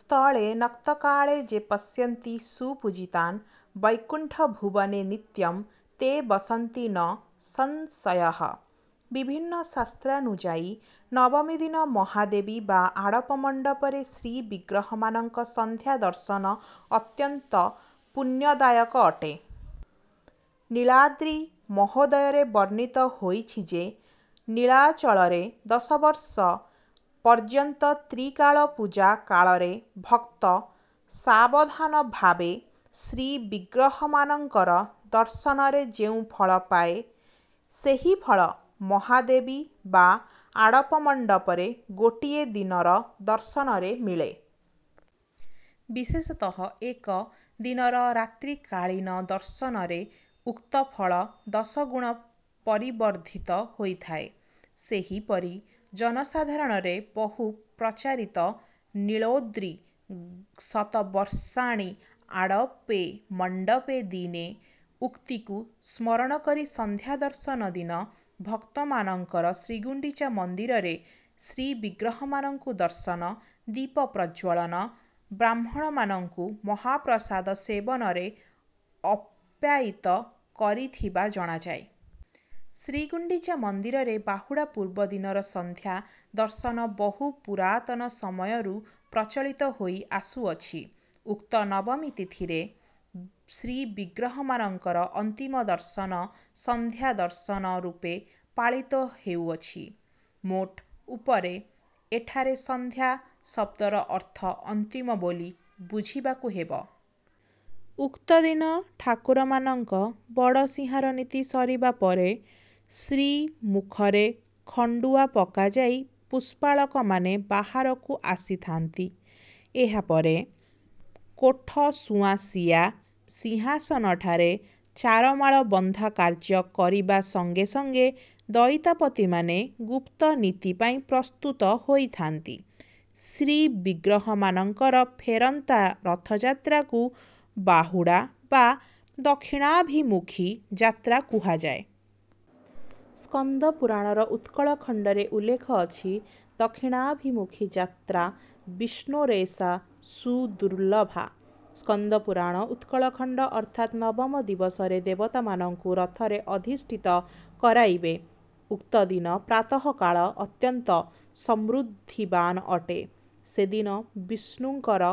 ସ୍ଥଳେ ନକ୍ତକାଳେ ଯେ ପଶ୍ୟନ୍ତି ସୁପୂଜିତାନ୍ ବୈକୁଣ୍ଠ ଭୁବନେ ନିତ୍ୟଂ ତେ ବସନ୍ତି ନ ସଂଶୟଃ। ବିଭିନ୍ନ ଶାସ୍ତ୍ରାନୁଯାୟୀ ନବମୀ ଦିନ ମହାବେଦୀ ବା ଆଡ଼ପ ମଣ୍ଡପରେ ଶ୍ରୀବିଗ୍ରହମାନଙ୍କ ସନ୍ଧ୍ୟା ଦର୍ଶନ ଅତ୍ୟନ୍ତ ପୁଣ୍ୟଦାୟକ ଅଟେ। ନୀଳାଦ୍ରି ମହୋଦୟରେ ବର୍ଣ୍ଣିତ ହୋଇଛି ଯେ, ନୀଳାଚଳରେ ଦଶ ବର୍ଷ ପର୍ଯ୍ୟନ୍ତ ତ୍ରିକାଳ ପୂଜା କାଳରେ ଭକ୍ତ ସାବଧାନ ଭାବେ ଶ୍ରୀବିଗ୍ରହମାନଙ୍କର ଦର୍ଶନରେ ଯେଉଁ ଫଳ ପାଏ, ସେହି ଫଳ ମହାଦେବି ବା ଆଡ଼ପ ମଣ୍ଡପରେ ଗୋଟିଏ ଦିନର ଦର୍ଶନରେ ମିଳେ। ବିଶେଷତଃ ଏକ ଦିନର ରାତ୍ରିକାଳୀନ ଦର୍ଶନରେ ଉକ୍ତ ଫଳ ଦଶଗୁଣ ପରିବର୍ଦ୍ଧିତ ହୋଇଥାଏ। ସେହିପରି ଜନସାଧାରଣରେ ବହୁ ପ୍ରଚାରିତ ନୀଳାଦ୍ରୌ ଶତବର୍ଷାଣି ଆଡ଼ପେ ମଣ୍ଡପେ ଦିନେ ଉକ୍ତିକୁ ସ୍ମରଣ କରି ସନ୍ଧ୍ୟା ଦର୍ଶନ ଦିନ ଭକ୍ତମାନଙ୍କର ଶ୍ରୀଗୁଣ୍ଡିଚା ମନ୍ଦିରରେ ଶ୍ରୀବିଗ୍ରହମାନଙ୍କୁ ଦର୍ଶନ, ଦୀପ ପ୍ରଜ୍ଜ୍ୱଳନ, ବ୍ରାହ୍ମଣମାନଙ୍କୁ ମହାପ୍ରସାଦ ସେବନରେ ଅପ୍ୟାୟିତ କରିଥିବା ଜଣାଯାଏ। ଶ୍ରୀଗୁଣ୍ଡିଚା ମନ୍ଦିରରେ ବାହୁଡ଼ା ପୂର୍ବ ଦିନର ସନ୍ଧ୍ୟା ଦର୍ଶନ ବହୁ ପୁରାତନ ସମୟରୁ ପ୍ରଚଳିତ ହୋଇ ଆସୁଅଛି। ଉକ୍ତ ନବମୀ ତିଥିରେ ଶ୍ରୀବିଗ୍ରହମାନଙ୍କର ଅନ୍ତିମ ଦର୍ଶନ ସନ୍ଧ୍ୟା ଦର୍ଶନ ରୂପେ ପାଳିତ ହେଉଅଛି। ମୋଟ ଉପରେ ଏଠାରେ ସନ୍ଧ୍ୟା ଶବ୍ଦର ଅର୍ଥ ଅନ୍ତିମ ବୋଲି ବୁଝିବାକୁ ହେବ। ଉକ୍ତଦିନ ଠାକୁରମାନଙ୍କ ବଡ଼ସିଂହାର ନୀତି ସରିବା ପରେ ଶ୍ରୀମୁଖରେ ଖଣ୍ଡୁଆ ପକାଯାଇ ପୁଷ୍ପାଳକମାନେ ବାହାରକୁ ଆସିଥାନ୍ତି। ଏହା ପରେ କୋଠ ସୁଆଁସିଆ ସିଂହାସନଠାରେ ଚାରମାଳ ବନ୍ଧା କାର୍ଯ୍ୟ କରିବା ସଙ୍ଗେ ସଙ୍ଗେ ଦଇତାପତିମାନେ ଗୁପ୍ତ ନୀତି ପାଇଁ ପ୍ରସ୍ତୁତ ହୋଇଥାନ୍ତି। ଶ୍ରୀବିଗ୍ରହମାନଙ୍କର ଫେରନ୍ତା ରଥଯାତ୍ରାକୁ ବାହୁଡ଼ା ବା ଦକ୍ଷିଣାଭିମୁଖୀ ଯାତ୍ରା କୁହାଯାଏ। ସ୍କନ୍ଧ ପୁରାଣର ଉତ୍କଳ ଖଣ୍ଡରେ ଉଲ୍ଲେଖ ଅଛି ଦକ୍ଷିଣାଭିମୁଖୀ ଯାତ୍ରା ବିଷ୍ଣୋରେଷା ସୁଦୁର୍ଲଭା। ସ୍କନ୍ଧ ପୁରାଣ, ଉତ୍କଳ ଖଣ୍ଡ ଅର୍ଥାତ ନବମ ଦିବସରେ ଦେବତାମାନଙ୍କୁ ରଥରେ ଅଧିଷ୍ଠିତ କରାଇବେ। ଉକ୍ତ ଦିନ ପ୍ରାତଃ କାଳ ଅତ୍ୟନ୍ତ ସମୃଦ୍ଧିବାନ୍ ଅଟେ। ସେଦିନ ବିଷ୍ଣୁଙ୍କର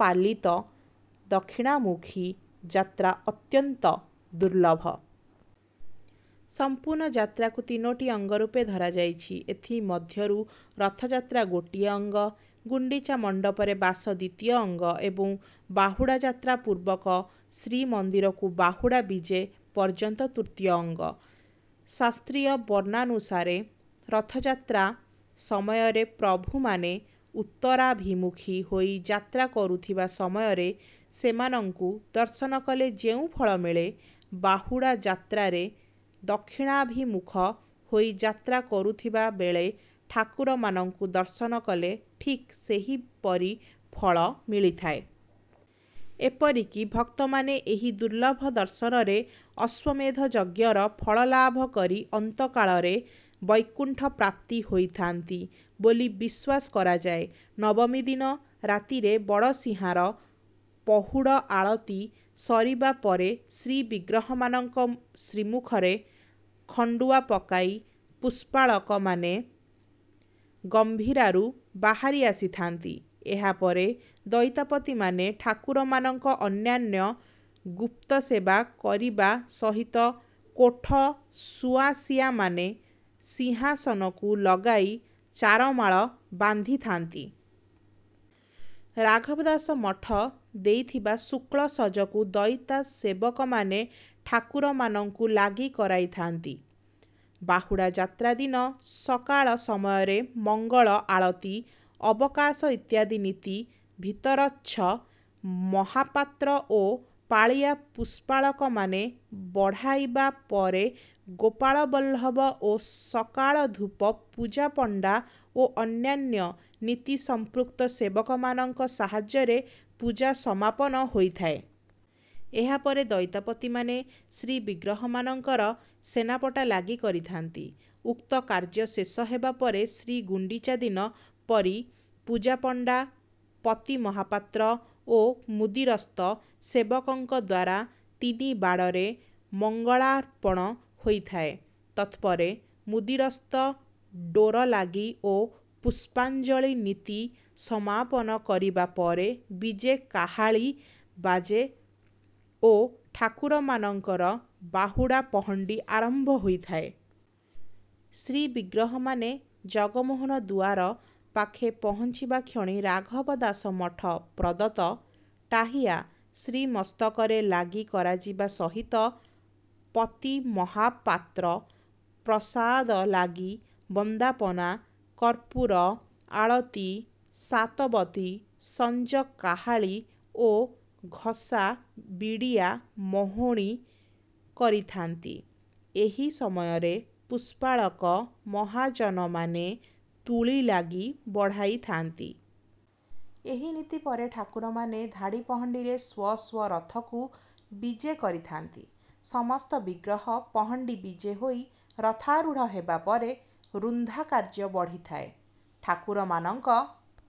ପାଲିତ ଦକ୍ଷିଣାମୁଖୀ ଯାତ୍ରା ଅତ୍ୟନ୍ତ ଦୁର୍ଲଭ। ସମ୍ପୂର୍ଣ୍ଣ ଯାତ୍ରାକୁ ତିନୋଟି ଅଙ୍ଗ ରୂପେ ଧରାଯାଇଛି। ଏଥିମଧ୍ୟରୁ ରଥଯାତ୍ରା ଗୋଟିଏ ଅଙ୍ଗ, ଗୁଣ୍ଡିଚା ମଣ୍ଡପରେ ବାସ ଦ୍ୱିତୀୟ ଅଙ୍ଗ ଏବଂ ବାହୁଡ଼ା ଯାତ୍ରା ପୂର୍ବକ ଶ୍ରୀମନ୍ଦିରକୁ ବାହୁଡ଼ା ବିଜେ ପର୍ଯ୍ୟନ୍ତ ତୃତୀୟ ଅଙ୍ଗ। ଶାସ୍ତ୍ରୀୟ ବର୍ଣ୍ଣନାନୁସାରେ ରଥଯାତ୍ରା ସମୟରେ ପ୍ରଭୁମାନେ ଉତ୍ତରାଭିମୁଖୀ ହୋଇ ଯାତ୍ରା କରୁଥିବା ସମୟରେ ସେମାନଙ୍କୁ ଦର୍ଶନ କଲେ ଯେଉଁ ଫଳ ମିଳେ, ବାହୁଡ଼ା ଯାତ୍ରାରେ ଦକ୍ଷିଣାଭିମୁଖ ହୋଇ ଯାତ୍ରା କରୁଥିବା ବେଳେ ଠାକୁରମାନଙ୍କୁ ଦର୍ଶନ କଲେ ଠିକ୍ ସେହିପରି ଫଳ ମିଳିଥାଏ। ଏପରିକି ଭକ୍ତମାନେ ଏହି ଦୁର୍ଲଭ ଦର୍ଶନରେ ଅଶ୍ୱମେଧ ଯଜ୍ଞର ଫଳ ଲାଭ କରି ଅନ୍ତକାଳରେ ବୈକୁଣ୍ଠ ପ୍ରାପ୍ତି ହୋଇଥାନ୍ତି ବୋଲି ବିଶ୍ୱାସ କରାଯାଏ। ନବମୀ ଦିନ ରାତିରେ ବଡ଼ସିଂହାର, ପହୁଡ଼ ଆଳତି ସରିବା ପରେ ଶ୍ରୀବିଗ୍ରହମାନଙ୍କ ଶ୍ରୀମୁଖରେ ଖଣ୍ଡୁଆ ପକାଇ ପୁଷ୍ପାଳକମାନେ ଗମ୍ଭୀରାରୁ ବାହାରି ଆସିଥାନ୍ତି। ଏହା ପରେ ଦଇତାପତିମାନେ ଠାକୁରମାନଙ୍କ ଅନ୍ୟାନ୍ୟ ଗୁପ୍ତସେବା କରିବା ସହିତ କୋଠ ସୁଆଁସିଆମାନେ ସିଂହାସନକୁ ଲଗାଇ ଚାରମାଳ ବାନ୍ଧିଥାନ୍ତି। ରାଘବ ଦାସ ମଠ ଦେଇଥିବା ଶୁକ୍ଳ ସଜକୁ ଦଇତା ସେବକମାନେ ଠାକୁରମାନଙ୍କୁ ଲାଗି କରାଇଥାନ୍ତି। ବାହୁଡ଼ା ଯାତ୍ରା ଦିନ ସକାଳ ସମୟରେ ମଙ୍ଗଳ ଆଳତି, ଅବକାଶ ଇତ୍ୟାଦି ନୀତି ଭିତରଚ୍ଛ ମହାପାତ୍ର ଓ ପାଳିଆ ପୁଷ୍ପାଳକମାନେ ବଢ଼ାଇବା ପରେ ଗୋପାଳ ବଲ୍ଲଭ ଓ ସକାଳ ଧୂପ ପୂଜାପଣ୍ଡା ଓ ଅନ୍ୟାନ୍ୟ ନୀତି ସମ୍ପୃକ୍ତ ସେବକମାନଙ୍କ ସାହାଯ୍ୟରେ ପୂଜା ସମାପନ ହୋଇଥାଏ। ଏହା ପରେ ଦଇତାପତିମାନେ ଶ୍ରୀବିଗ୍ରହମାନଙ୍କର ସେନାପଟା ଲାଗି କରିଥାନ୍ତି। ଉକ୍ତ କାର୍ଯ୍ୟ ଶେଷ ହେବାପରେ ଶ୍ରୀଗୁଣ୍ଡିଚା ଦିନ ପରି ପୂଜାପଣ୍ଡା, ପତିମହାପାତ୍ର ଓ ମୁଦିରସ୍ତ ସେବକଙ୍କ ଦ୍ୱାରା ତିନିବାଡ଼ରେ ମଙ୍ଗଳାର୍ପଣ ହୋଇଥାଏ। ତତ୍ପରେ ମୁଦିରସ୍ତ ଡୋରଲାଗି ଓ ପୁଷ୍ପାଞ୍ଜଳି ନୀତି ସମାପନ କରିବା ପରେ ବିଜେ କାହାଳୀ ବାଜେ ଓ ଠାକୁରମାନଙ୍କର ବାହୁଡ଼ା ପହଣ୍ଡି ଆରମ୍ଭ ହୋଇଥାଏ। ଶ୍ରୀବିଗ୍ରହମାନେ ଜଗମୋହନ ଦୁଆର ପାଖେ ପହଞ୍ଚିବା କ୍ଷଣି ରାଘବ ଦାସ ମଠ ପ୍ରଦତ୍ତ ଟାହିଆ ଶ୍ରୀମସ୍ତକରେ ଲାଗି କରାଯିବା ସହିତ, ପତି ମହାପାତ୍ର ପ୍ରସାଦ ଲାଗି, ବନ୍ଦାପନା, କର୍ପୂର ଆଳତି, ସାତବତୀ, ସଞ୍ଜ କାହାଳୀ ଓ ଘସା, ବିଡ଼ିଆ ମଣୁହି କରିଥାନ୍ତି। ଏହି ସମୟରେ ପୁଷ୍ପାଳକ ମହାଜନମାନେ ତୁଳି ଲାଗି ବଢ଼ାଇଥାନ୍ତି। ଏହି ନୀତି ପରେ ଠାକୁରମାନେ ଧାଡ଼ି ପହଣ୍ଡିରେ ସ୍ୱ ସ୍ୱ ରଥକୁ ବିଜେ କରିଥାନ୍ତି। ସମସ୍ତ ବିଗ୍ରହ ପହଣ୍ଡି ବିଜେ ହୋଇ ରଥାରୂଢ଼ ହେବାପରେ ରୁନ୍ଧା କାର୍ଯ୍ୟ ବଢ଼ିଥାଏ। ଠାକୁରମାନଙ୍କ